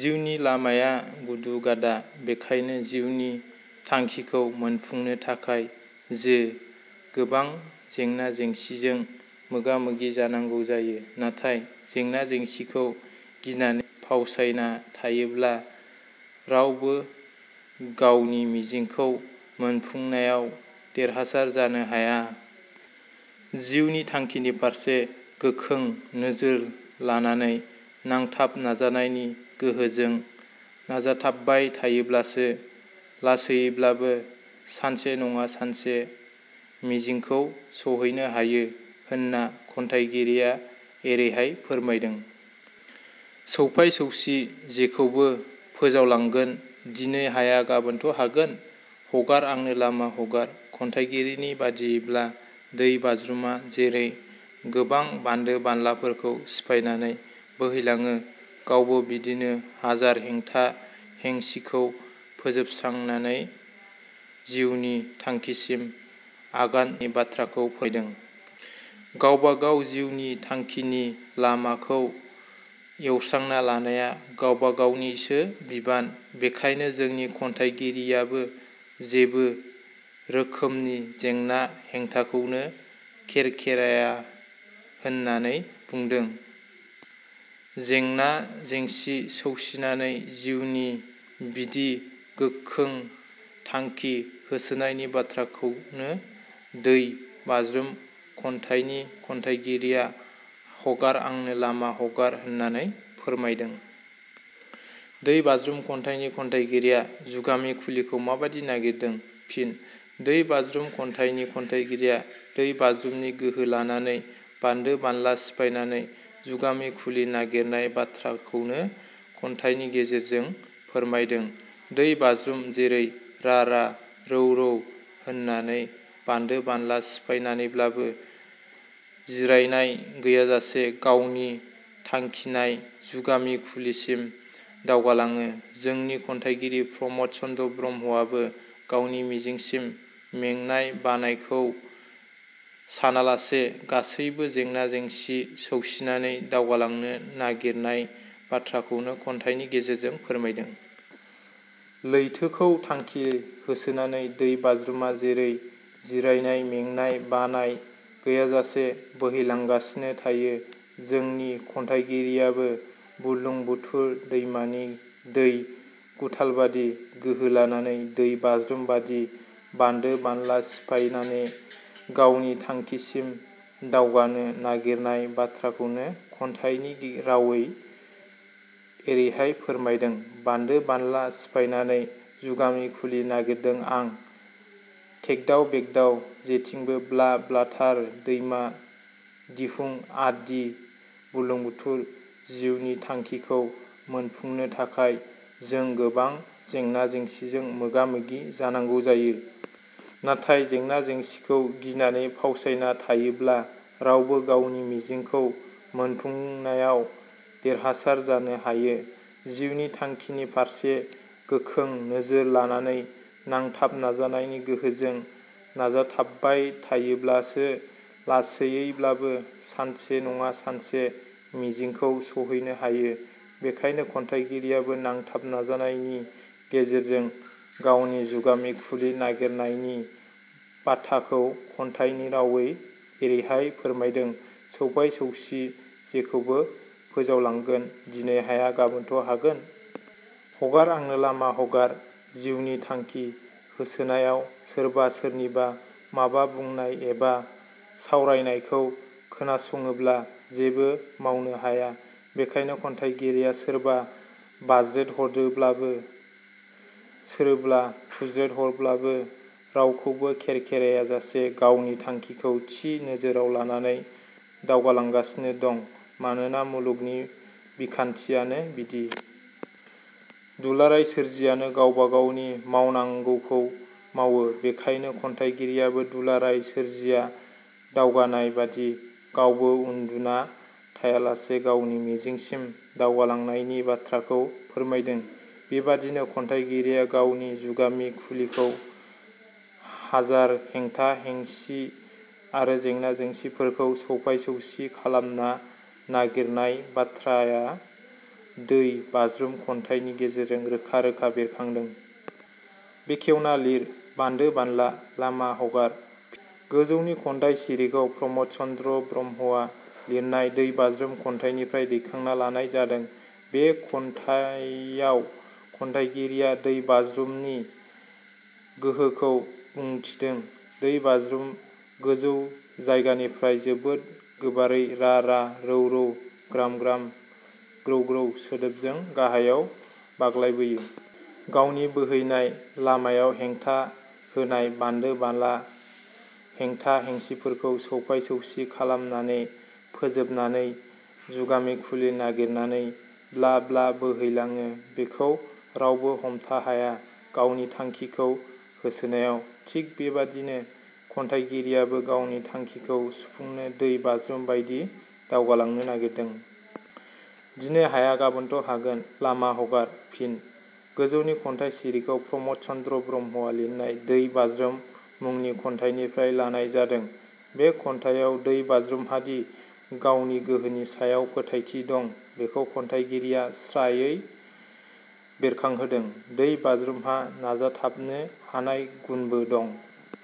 जिउनि लामाया गुदु गादा, बेखायनो जिउनि थांखिखौ मोनफुंनो थाखाय जो गोबां जेंना-जेंसिजों मोगा मोगि जानांगौ जायो नाथाय जेंना जेंसिखौ गिनाने फावसायना थायोब्ला रावबो गावनि मिजिंखौ मोनफुंनायाव देरहासार जानो हाया। जिउनि थांखिनि फारसे गोखों नोजोर लानानै नांथाब नाजानायनि गोहोजों नाजाथाबबाय थायोब्लासो लासैयैब्लाबो सानसे नंङा सानसे मिजिंखौ सहैनो हायो होनना खन्थाइगिरिया एरैहाय फोरमायदों-। सौफाइ सौसि जेखौबो फोजावलांगोन, दिनै हाया गाबोनथ' हागोन? हगार आंनो लामा हगार। खन्थाइगिरिनि बादियैब्ला दै बाज्रुमा जेरै गोबां बान्दो बानलाफोरखौ सिफायनानै बोहैलांङो गावबो बिदिनो हाजार हेंथा हेंसिखौ फोजोबस्रांनानै जिउनि थांखिसिम आगान इ बाथ्राखौ फैयदों। गावबा गाव जिउनि थांखिनि लामाखौ एवस्रांना लानाया गावबा गावनिसो बिबान। बेखायनो जोंनि खन्थाइगिरियाबो जेबो रोखोमनि जेंना-हेंथाखौनो खेरखेराया होननानै बुंदों। जेंना जेंसि सौसिनानै जिउनि बिदि गोखों थांखि होसोनायनि बाथ्राखौनो 'दै बाज्रुम' खन्थाइनि खन्थाइगिरिया हगार आंनो लामा हगार होननानै फोरमायदों। 'दै बाज्रुम' खन्थाइनि खन्थाइगिरिया जुगामि खुलिखौ माबादि नागिरदों? फिन: 'दै बाज्रुम' खन्थाइनि खन्थाइगिरिया दै बाज्रुमनि गोहो लानानै बानदो बानला सिफायनानै जुगामि खुलि नागिरनाय बाथ्राखौनो खन्थाइनि गेजेरजों फोरमायदों। दै बाज्रुम जेरै रा रा रौ रौ होननानै बानदो बानला सिफायनानैब्लाबो जिरायनाय गैयाजासे गावनि थांखिनाय जुगामि खुलिसिम दावगालांङो जोंनि खन्थाइगिरि प्रमद चन्द्र ब्रह्मआबो गावनि मिजिंसिम मेंनाय-बानायखौ सानालासे गासैबो जेंना जेंसि सौसिनानै दावगालांनो नागिरनाय बाथ्राखौनो खन्थाइनि गेजेरजों फोरमायदों। लैथोखौ थांखि होसोनानै दै बाज्रुमा जेरै जिरायनाय, मेंनाय – बानाय गैयाजासे बोहैलांगासिनो थायो जोंनि खन्थाइगिरियाबो बुरलुं बुथुर दैमानि दै गुथालबादि गोहो लानानै, दै बाज्रुम बादि बानदो बानला सिफायनानै गावनि थांखिसिम दावगानो नागिरनाय बाथ्राखौनो खन्थाइनि रावै एरैहाय फोरमायदों- बानदो-बानला सिफायनानै जुगामि खुलि नागिरदों आं; थेगदाव बेगदाव जेथिंबो ब्ला ब्लाथार, दैमा दिहुं आदि बुरलुंबुथुर- जिउनि थांखिखौ मोनफुंनो थाखाय जों गोबां जेंना-जेंसिजों मोगा मोगि जानांगौ जायो। नाथाय जेंना जेंसिखौ गिनानै फावसायना थायोब्ला रावबो गावनि मिजिंखौ मोनफुंनायाव देरहासार जानो हायो। जिउनि थांखिनि फारसे गोखों नोजोर लानानै नांथाब नाजानायनि गोहोजों नाजाथाबबाय थायोब्लासो लासैयैब्लाबो सानसे नंङा सानसे मिजिंखौ सहैनो हायो। बेखायनो खन्थाइगिरियाबो नांथाब नाजानायनि गेजेरजों गावनि जुगामि खुलि नागिरनायनि बाथाखौ खन्थाइनि रावै एरैहाय फोरमायदों- सौफाइ सौसि जेखौबो फोजावलांगोन, दिनै हाया गाबोनथ' हागोन? हगार आंनो लामा हगार। जिउनि थांखि होसोनायाव सोरबा सोरनिबा माबा बुंनाय एवा सावरायनायखौ खोनासंङोब्ला जेबो मावनो हाया, बेखायनो खन्थाइगिरिया सोरबा बाज्रेदहदोब्लाबो सोरबा थुज्रेदहरब्लाबो रावखौबो खेरखेरायाजासे गावनि थांखिखौ थि नोजोराव लानानै दावगालांगासिनो दं। मानोना मुलुगनि बिखान्थियानो बिदि। दुलाराय सोरजियानो गावबा गावनि मावनांगौखौ मावो। बेखायनो खन्थाइगिरियाबो दुलाराय सोरजिया दावगानाय बादि गावबो उन्दुना थायालासे गावनि मिजिंसिम दावगालांनायनि बाथ्राखौ फोरमायदों। बेबादिनो खन्थाइगिरिया गावनि जुगामि खुलिखौ हाजार हेंथा हेंसि आरो जेंना-जेंसिफोरखौ सौफाय सौसि खालामना नागिरनाय बाथ्राया दै बाज्रुम खन्थाइनि गेजेरजों रोखा रोखा बेरखांदों। बेखेवना लिर बान्दो बानला……. लामा हगार। फि गोजौनि खन्थाइ सिरिखौ प्रमद चन्द्र ब्रह्मआ लिरनाय 'दै बाज्रुम' खन्थाइनिफ्राय दैखांना लानाय जादों। बे खन्याइयाव खन्याइगिरिया दै बाज्रुमनि गोहोखौ बुंथिदों। दै बाज्रुम गोजौ जायगानिफ्राय जोबोद गोबारै रा रा रौ रौ ग्राम ग्राम ग्रौ ग्रौ सोदोबजों गाहायाव बाग्लायबोयो। गावनि बोहैनाय लामायाव हेंथा होनाय बान्दो-बाला हेंथा-हेंसिफोरखौ सौफाय-सौसि खालामनाने फोजोबनानै जुगामि खुलि नागिरनानै ब्ला ब्ला बोहै लांङो। बेखौ रावबो हमथाहाया गावनि थांखिखौ होसोनायाव। थिग बेबादिनो खन्थाइगिरियाबो गावनि थांखिखौ सुफुंनो दै बाज्रुम बायदि दावगालांनो नागिरदों। दिनै हाया गाबोनथ' हागोन…….. लामा हगार। फिनः गोजौनि खन्थाइ सिरिखौ प्रमद चन्द्र ब्रह्म लिनाय "दै बाज्रुम' मुंनि खन्थाइनिफ्राय लानाय जादों। बे खन्थाइयाव दै बाज्रुमहादि गावनि गोहोनि सायाव फोथायथि दं बेखौ खन्थाइगिरिया स्रायै बेरखांहोदों। दै बाज्रुमहा नाजाथाबनो हानाय गुनबो दं।